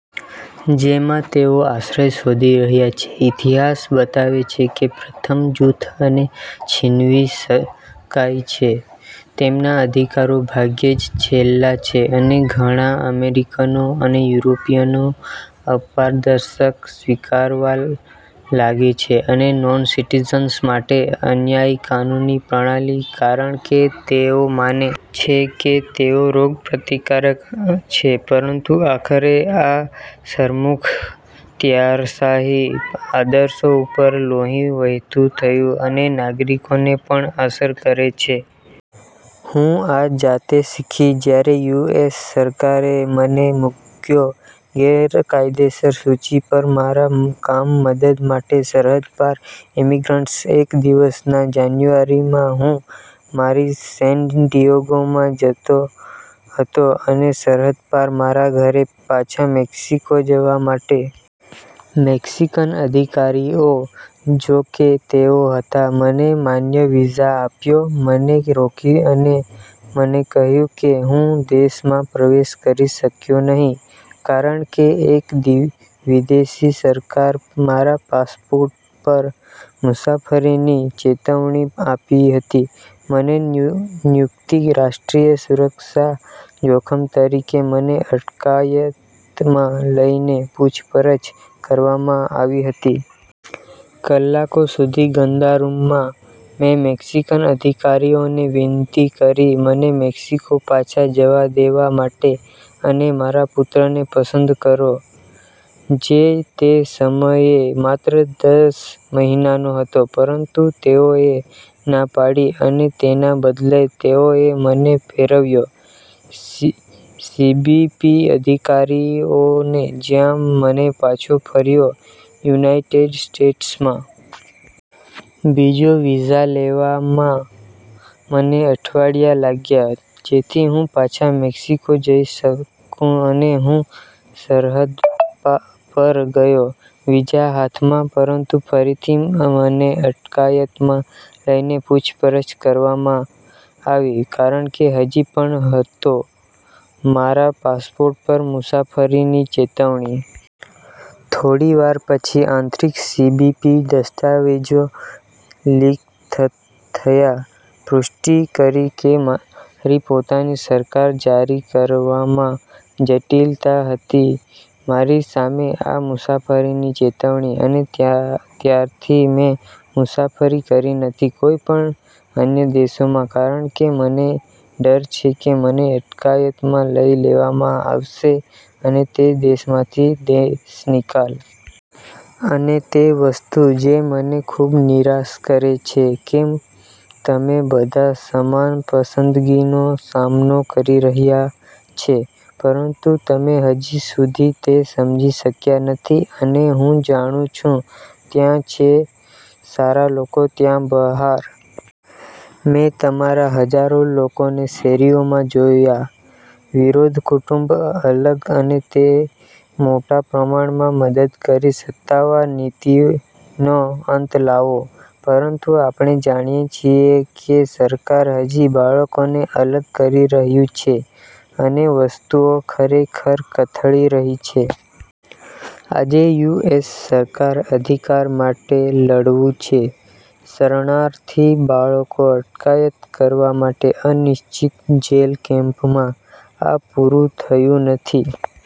જેમાં તેઓ આશ્રય શોધી રહ્યા છે. ઇતિહાસ બતાવે છે કે પ્રથમ જૂથ અને છીનવી શકાય છે તેમના અધિકારો ભાગ્યે જ છેલ્લા છે અને ઘણા અમેરિકનો અને યુરોપિયનો અપારદર્શક સ્વીકારવા લાગે છે અને નોનસિટીઝન્સ માટે અન્યાયી કાનૂની પ્રણાલી, કારણ કે તેઓ માને છે કે તેઓ રોગપ્રતિકારક છે, પરંતુ આખરે આ સરમુખત્યારશાહી આદર્શો ઉપર લોહી વહેતું થયું અને નાગરિકોને પણ અસર કરે છે. હું આ જાતે શીખી જ્યારે યુ. એસ. સરકારે મને મૂક્યો ગેરકાયદેસર સૂચિ પર મારા કામ મદદ માટે સરહદ પર ઇમિગ્રન્ટ્સ. એક દિવસ ના જાન્યુઆરીમાં હું મારી સેન ડિએગોમાં જતો હતો અને સરહદ પાર મારા ઘરે પાછા મેક્સિકો જવા માટે. મેક્સીકન અધિકારીઓ, જોકે તેઓ હતા મને માન્ય વીઝા આપ્યો, મને રોકી અને મને કહ્યું કે હું દેશમાં પ્રવેશ કરી શક્યો નહીં ,કારણ કે એક વિદેશી સરકાર મારા પાસપોર્ટ પર મુસાફરીની ચેતવણી આપી હતી, મને નિયુક્તિ રાષ્ટ્રીય સુરક્ષા જોખમ તરીકે મને અટકાયતમાં લઇને પૂછપરછ કરવામાં આવી હતી. કલાકો સુધી ગંદા રૂમમાં. મેં મેક્સીકન અધિકારીઓને વિનંતી કરી મને મેક્સિકો પાછા જવા દેવા માટે અને મારા પુત્રને પસંદ કરો, જે તે સમયે માત્ર દસ મહિનાનો હતો, પરંતુ તેઓએ ના પાડી અને તેના બદલે તેઓએ મને ફેરવ્યો સીબીપી અધિકારીઓને, જ્યાં મને પાછો ફર્યો યુનાઇટેડ સ્ટેટ્સમાં. બીજો વિઝા લેવામાં મને અઠવાડિયા લાગ્યાં, જેથી હું પાછા મેક્સિકો જઈ શકું અને હું સરહદ પર ગયો. વિઝા હાથમાં, પરંતુ ફરીથી મને અટકાયતમાં લઇને પૂછપરછ કરવામાં આવી કારણ કે હજી પણ હતો મારા પાસપોર્ટ પર મુસાફરીની ચેતવણી. થોડી વાર પછી, આંતરિક સીબીપી દસ્તાવેજો લીક થયા પુષ્ટિ કરી કે મારી પોતાની સરકાર જારી કરવામાં જટિલતા હતી મારી સામે આ મુસાફરીની ચેતવણી. અને ત્યારથી મેં મુસાફરી કરી નથી કોઈપણ અન્ય દેશોમાં, કારણ કે મને ડર છે કે મને અટકાયતમાં લઇ લેવામાં આવશે અને તે દેશોમાંથી દેશનિકાલ. અને તે વસ્તુ જે મને ખૂબ નિરાશ કરે છે કે તમે બધા સમાન પસંદગીનો સામનો કરી રહ્યા છે, પરંતુ તમે હજી સુધી તે સમજી શક્યા નથી અને હું જાણું છું, ત્યાં છે સારા લોકો ત્યાં બહાર. મેં તમારા હજારો લોકોને શેરીઓમાં જોયા, વિરોધ કુટુંબ અલગ અને તે મોટા પ્રમાણમાં મદદ કરી સત્તાવાર નીતિનો અંત લાવો, પરંતુ આપણે જાણીએ છીએ કે સરકાર હજી બાળકોને અલગ કરી રહ્યું છે અને વસ્તુઓ ખરેખર કથળી રહી છે. આજે, યુ. એસ. સરકાર અધિકાર માટે લડવું છે. શરણાર્થી બાળકો અટકાયત કરવા માટે અનિશ્ચિત જેલ કેમ્પમાં. આ પૂરું થયું નથી.